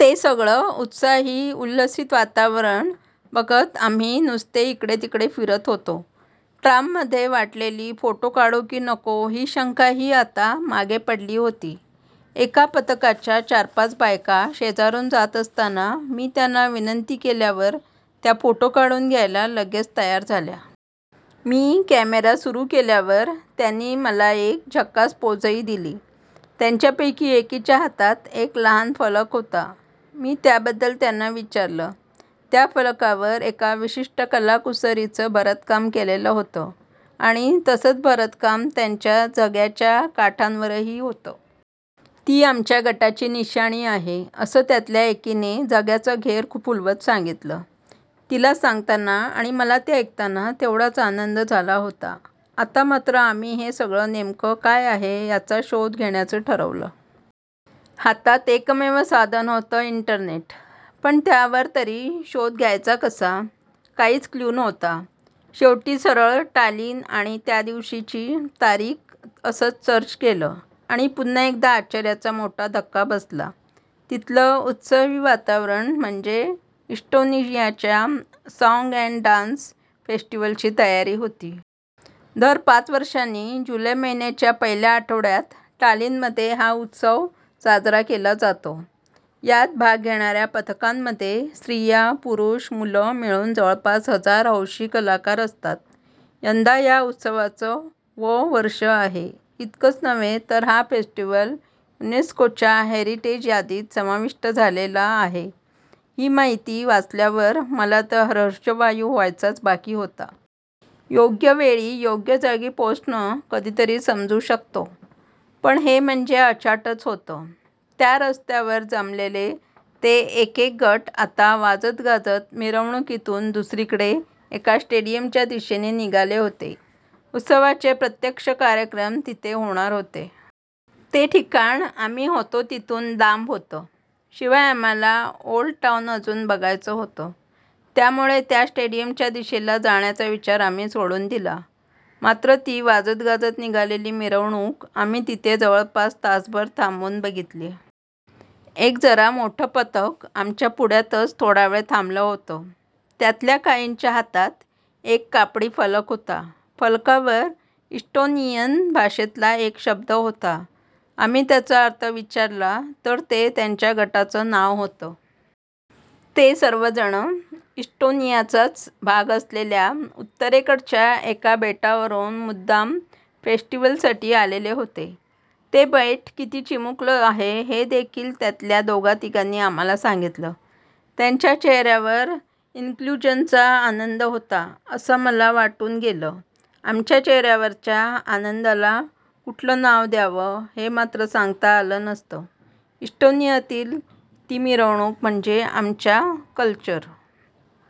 ते सगळं उत्साही, उल्हसित वातावरण बघत आम्ही नुसते इकडे तिकडे फिरत होतो. ट्राममध्ये वाटलेली फोटो काढू की नको ही शंकाही आता मागे पडली होती. एका पथकाच्या चार-पाच बायका शेजारून जात असताना मी त्यांना विनंती केल्यावर त्या फोटो काढून घ्यायला लगेच तयार झाल्या. मी कॅमेरा सुरू केल्यावर त्यांनी मला एक झकास पोझही दिली. त्यांच्यापैकी एकीच्या हातात एक लहान फलक होता. मी त्याबद्दल त्यांना विचारलं. त्या फलकावर एक विशिष्ट कलाकुसरीचं भरतकाम केलेलं होतं, आणि तसंच भरतकाम त्यांच्या झग्याच्या काठांवरही होतं. 'ती आमच्या गटाची निशाणी आहे' असं त्यातल्या एकीने झग्याचा घेर फुलवत सांगितलं. तिला सांगताना आणि मला ते ऐकताना तेवढाच आनंद झाला होता. आता मात्र आम्ही हे सगळं नेमकं काय आहे, याचा शोध घेण्याचं ठरवलं. हातात एकमेव साधन होतं- इंटरनेट. पण त्यावर तरी शोध घ्यायचा कसा? काहीच क्लू नव्हता. शेवटी सरळ 'टालिन' आणि त्यादिवशीची तारीख असंच सर्च केलं, आणि पुन्हा एकदा आश्चर्याचा मोठा धक्का बसला- तिथलं उत्सवी वातावरण म्हणजे इस्टोनियाच्या 'साँग अँड डान्स फेस्टिव्हल'ची तयारी होती. दर पाच वर्षांनी जुलै महिन्याच्या पहिल्या आठवड्यात टालिनमध्ये हा उत्सव साजरा केला जातो. यात भाग घेणार्या पथकांमध्ये स्त्रिया-पुरूष-मुलं मिळून जवळपास हजार हौशी कलाकार असतात. यंदा या उत्सवाचं वं वर्ष आहे. इतकंच नव्हे तर हा फेस्टिवल युनेस्कोच्या हेरिटेज यादीत समाविष्ट झालेला आहेही माहिती वाचल्यावर मला तर हर्षवायू व्हायचाच बाकी होता. योग्यवेळी योग्य जागी पोहोचणं कधीतरी समजू शकतो; पण हे म्हणजे अचाटच होतं! त्या रस्त्यावर जमलेले ते एक एक गट आता वाजतगाजत मिरवणुकीतून दुसरीकडे एका स्टेडियमच्या दिशेने निघाले होते. उत्सवाचे प्रत्यक्ष कार्यक्रम तिथे होणार होते. ते ठिकाण आम्ही होतो तिथून लांब होतं. शिवाय आम्हाला ओल्ड टाऊन अजून बघायचं होतं. त्यामुळे त्या स्टेडियमच्या दिशेला जाण्याचा विचार आम्ही सोडून दिला; मात्र ती वाजतगाजत निघालेली मिरवणूक आम्ही तिथे जवळपास तासभर थांबून बघितली. एक जरा मोठं पथक आमच्या पुढ्यातच थोडा वेळ थांबलं होतं. त्यातल्या काहींच्या हातात एक कापडी फलक होता. फलकावर इस्टोनियन भाषेतला एक शब्द होता. आम्ही त्याचा अर्थ विचारला तर ते त्यांच्या गटाचं नाव होतं. ते सर्वजण इस्टोनियाचाच भाग असलेल्या उत्तरेकडच्या एका बेटावरून मुद्दाम फेस्टिवलसाठी आलेले होते. ते बेट किती चिमुकलं आहे हेदेखील त्यातल्या दोघातिघांनी आम्हाला सांगितलं. त्यांच्या चेहर्यावर 'इन्क्लुजन'चा आनंद होता असं मला वाटून गेलंआमच्या चेहर्यावरच्या आनंदाला कुठलं नाव द्यावं, हे मात्र सांगता आलं नसतं. इस्टोनियातली ती मिरवणूक म्हणजे आमच्या 'कल्चरल